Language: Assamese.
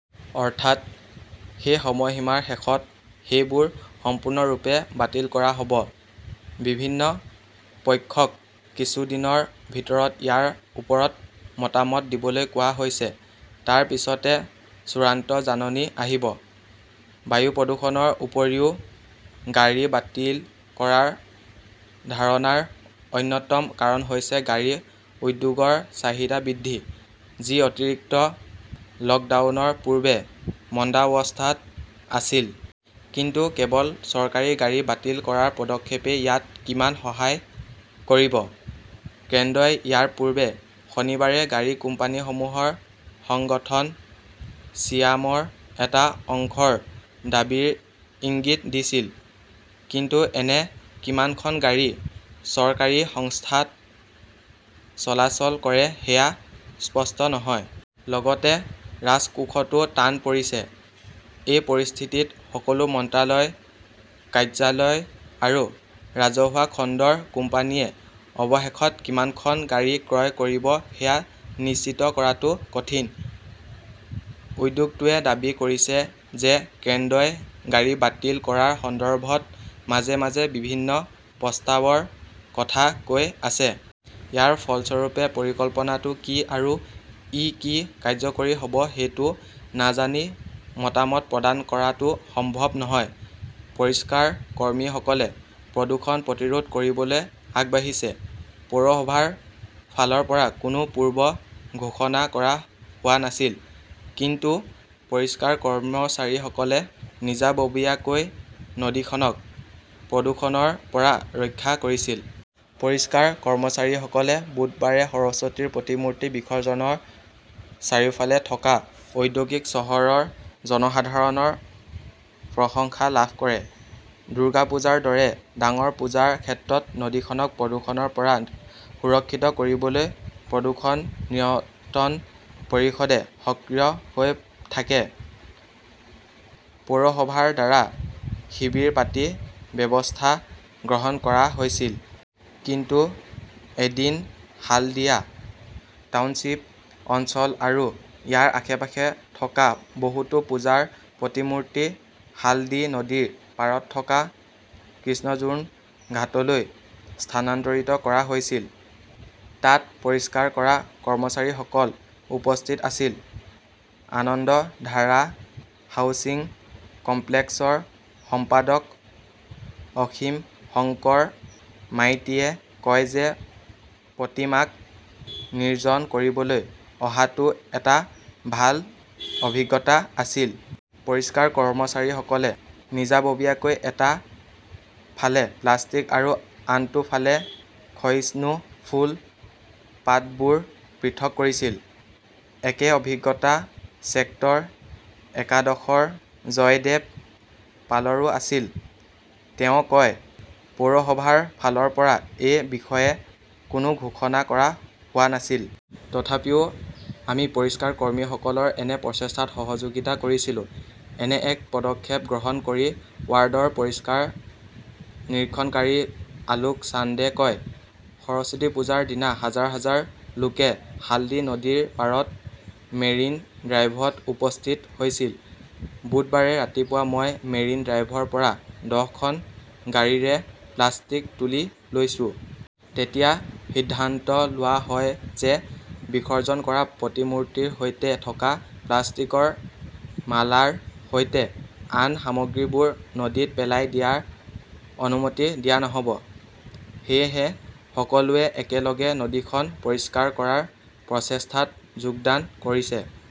অৰ্থাৎ, সেই সময়সীমাৰ শেষত সেইবোৰ সম্পূৰ্ণৰূপে বাতিল কৰা হ'ব। বিভিন্ন পক্ষক কিছুদিনৰ ভিতৰত ইয়াৰ ওপৰত মতামত দিবলৈ কোৱা হৈছে। তাৰ পিছতে চূড়ান্ত জাননী আহিব। বায়ু প্ৰদূষণৰ উপৰিও, গাড়ী বাতিল কৰাৰ ধাৰণাৰ অন্যতম কাৰণ হৈছে গাড়ী উদ্যোগৰ চাহিদা বৃদ্ধি, যি অতিৰিক্ত লকডাউনৰ পূৰ্বে মন্দাৱস্থাত আছিল। কিন্তু কেৱল চৰকাৰী গাড়ী বাতিল কৰাৰ পদক্ষেপই ইয়াত কিমান সহায় কৰিব? কেন্দ্ৰই ইয়াৰ পূৰ্বে শনিবাৰে গাড়ী কোম্পানীসমূহৰ সংগঠন ছিয়ামৰ এটা অংশৰ দাবীৰ ইংগিত দিছিল। কিন্তু এনে কিমানখন গাড়ী চৰকাৰী সংস্থাত চলাচল কৰে সেয়া স্পষ্ট নহয়। লগতে ৰাজকোষতো টান পৰিছে। এই পৰিস্থিতিত সকলো মন্ত্ৰালয়, কাৰ্যালয় আৰু ৰাজহুৱা খণ্ডৰ কোম্পানীয়ে অৱশেষত কিমানখন গাড়ী ক্ৰয় কৰিব সেয়া নিশ্চিত কৰাটো কঠিন। উদ্যোগটোৱে দাবী কৰিছে যে কেন্দ্ৰই গাড়ী বাতিল কৰাৰ সন্দৰ্ভত মাজে মাজে বিভিন্ন প্ৰস্তাৱৰ কথা কৈ আছে। ইয়াৰ ফলস্বৰূপে পৰিকল্পনাটো কি আৰু ই কি কাৰ্যকৰী হ 'ব সেইটো নাজানি মতামত প্ৰদান কৰাটো সম্ভৱ নহয়। পৰিষ্কাৰ কৰ্মীসকলে প্ৰদূষণ প্ৰতিৰোধ কৰিবলৈ আগবাঢ়িছে পৌৰসভাৰ ফালৰ পৰা কোনো পূৰ্ব ঘোষণা কৰা হোৱা নাছিল। কিন্তু পৰিষ্কাৰ কৰ্মচাৰীসকলে নিজাববীয়াকৈ নদীখনক প্ৰদূষণৰ পৰা ৰক্ষা কৰিছিল। পৰিষ্কাৰ কৰ্মচাৰীসকলে বুধবাৰে সৰস্বতীৰ প্ৰতিমূৰ্তি বিসৰ্জনৰ চাৰিওফালে থকা ঔদ্যোগিক চহৰৰ জনসাধাৰণৰ প্ৰশংসা লাভ কৰে। দুৰ্গা পূজাৰ দৰে ডাঙৰ পূজাৰ ক্ষেত্ৰত নদীখনক প্ৰদূষণৰ পৰা সুৰক্ষিত কৰিবলৈ প্ৰদূষণ নিয়ন্ত্ৰণ পৰিষদে সক্ৰিয় হৈ থাকে। পৌৰসভাৰ দ্বাৰা শিবিৰ পাতি ব্যৱস্থা গ্ৰহণ কৰা হৈছিল। কিন্তু এদিন হালদিয়া টাউনশ্বিপ অঞ্চল আৰু ইয়াৰ আশে-পাশে থকা বহুতো পূজাৰ প্ৰতিমূৰ্তি হালদী নদীৰ পাৰত থকা কৃষ্ণৰ্জুন ঘাটলৈ স্থানান্তৰিত কৰা হৈছিল। তাত পৰিষ্কাৰ কৰা কৰ্মচাৰীসকল উপস্থিত আছিল। আনন্দধাৰা হাউচিং কমপ্লেক্সৰ সম্পাদক অসীম শংকৰ মাইতীয়ে কয় যে প্ৰতিমাক নিৰ্জন কৰিবলৈ অহাটো এটা ভাল অভিজ্ঞতা আছিল। পৰিষ্কাৰ কৰ্মচাৰীসকলে নিজাববীয়াকৈ এটা ফালে প্লাষ্টিক আৰু আনটো ফালে ক্ষয়িষ্ণু ফুল, পাতবোৰ পৃথক কৰিছিল। একে অভিজ্ঞতা ছেক্টৰ একাদশৰ জয়দেব পালৰো আছিল। তেওঁ কয়, পৌৰসভাৰ ফালৰ পৰা এই বিষয়ে কোনো ঘোষণা কৰা হোৱা নাছিল। তথাপিও আমি পৰিষ্কাৰ কৰ্মীসকলৰ এনে প্ৰচেষ্টাত সহযোগিতা কৰিছিলো। এনে এক পদক্ষেপ গ্ৰহণ কৰি ৱাৰ্ডৰ পৰিষ্কাৰ নিৰীক্ষণকাৰী আলোক চান্দে কয়, সৰস্বতী পূজাৰ দিনা হাজাৰ হাজাৰ লোকে হালদী নদীৰ পাৰত মেৰিন ড্ৰাইভত উপস্থিত হৈছিল। বুধবাৰে ৰাতিপুৱা মই মেৰিন ড্ৰাইভৰ পৰা দহখন গাড়ীৰে প্লাষ্টিক তুলি লৈছো। তেতিয়া সিদ্ধান্ত লোৱা হয় যে বিসৰ্জন কৰা প্ৰতিমূৰ্তিৰ সৈতে থকা প্লাষ্টিকৰ মালাৰ সৈতে আন সামগ্ৰীবোৰ নদীত পেলাই দিয়াৰ অনুমতি দিয়া নহ'ব। সেয়েহে সকলোৱে একেলগে নদীখন পৰিষ্কাৰ কৰাৰ প্ৰচেষ্টাত যোগদান কৰিছে।